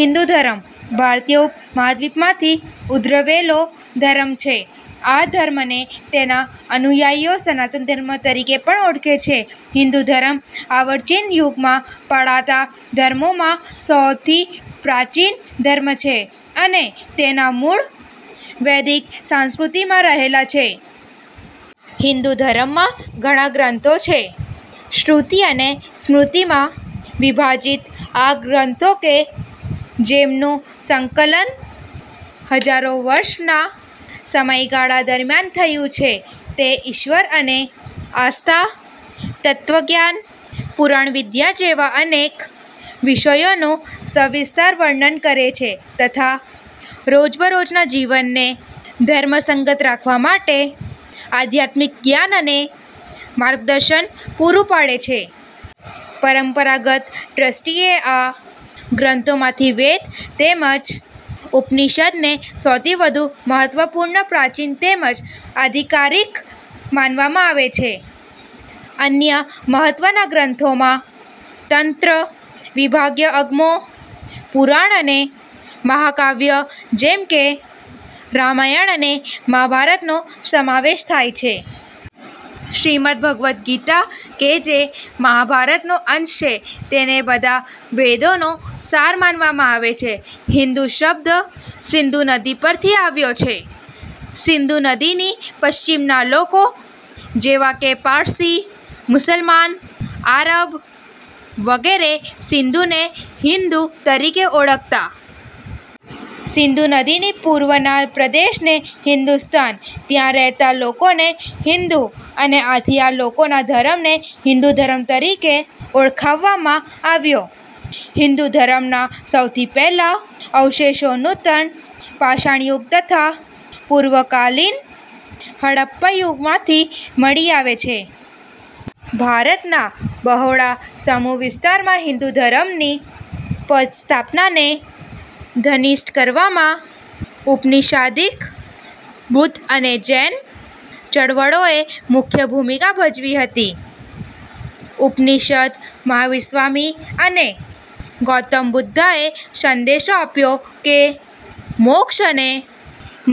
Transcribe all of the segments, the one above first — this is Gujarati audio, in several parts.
હિંદુ ધર્મ ભારતીય ઉપ-મહાદ્વીપમાંથી ઉદ્ભવેલો ધર્મ છે. આ ધર્મને તેના અનુયાયીઓ સનાતન ધર્મ તરીકે પણ ઓળખે છે. હિંદુ ધર્મ અર્વાચીન યુગમાં પળાતા ધર્મોમાં સૌથી પ્રાચીન ધર્મ છે અને તેના મૂળ વૈદિક સંસ્કૃતિમાં રહેલા છે. હિંદુ ધર્મમાં ઘણાં ગ્રંથો છે. શ્રુતિ અને સ્મૃતિમાં વિભાજિત આ ગ્રંથો કે જેમનું સંકલન હજારો વર્ષનાં સમયગાળા દરમ્યાન થયું છે તે ઈશ્વર અને આસ્થા, તત્ત્વજ્ઞાન, પુરાણવિદ્યા જેવા અનેક વિષયોનું સવિસ્તાર વર્ણન કરે છે તથા રોજબરોજના જીવનને ધર્મસંગત રાખવા માટે આધ્યાત્મિક જ્ઞાન અને માર્ગદર્શન પૂરું પાડે છે. પરંપરાગત દ્રષ્ટિએ આ ગ્રંથોમાંથી વેદ, તેમજ ઉપનિષદને સૌથી વધુ મહત્વપૂર્ણ, પ્રાચીન તેમજ આધિકારિક માનવામાં આવે છે. અન્ય મહત્વના ગ્રંથોમાં તંત્ર, વિભાગીય અગમો, પુરાણ અને મહાકાવ્યો જેમકે રામાયણ અને મહાભારતનો સમાવેશ થાય છે. શ્રીમદ્ ભગવદ્ ગીતા કે જે મહાભારતનો અંશ છે તેને બધા વેદોનો સાર માનવામાં આવે છે. હિંદુ શબ્દ સિંધુ નદી પરથી આવ્યો છે. સિંધુ નદીની પશ્ચિમના લોકો જેવા કે પારસી, મુસલમાન, આરબ, વગેરે સિંધુને હિંદુ તરીકે ઓળખતા. સિંધુ નદીની પૂર્વના પ્રદેશને હિંદુસ્તાન, ત્યાં રહેતા લોકોને હિંદુ અને આથી આ લોકોના ધર્મને હિંદુ ધર્મ તરીકે ઓળખાવવામાં આવ્યો. હિંદુ ધર્મના સૌથી પહેલા અવશેષો નૂતન પાષાણ યુગ તથા પૂર્વકાલીન હડપ્પા યુગમાંથી મળી આવે છે. ભારતના બહોળા સમુહ વિસ્તારમાં હિંદુ ધર્મની પદસ્થાપનાને ઘનિષ્ટ કરવામાં ઉપનીશાદીક, બુદ્ધ અને જૈન ચળવળોએ મુખ્ય ભૂમિકા ભજવી હતી. ઉપનિષદ, મહાવીર સ્વામી અને ગૌતમ બુદ્ધએ સંદેશો આપ્યો કે મોક્ષ અને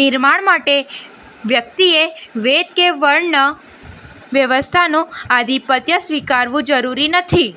નિર્વાણ માટે વ્યક્તિએ વેદ કે વર્ણ વ્યવસ્થાનું આધીપત્ય સ્વીકારવું જરૂરી નથી.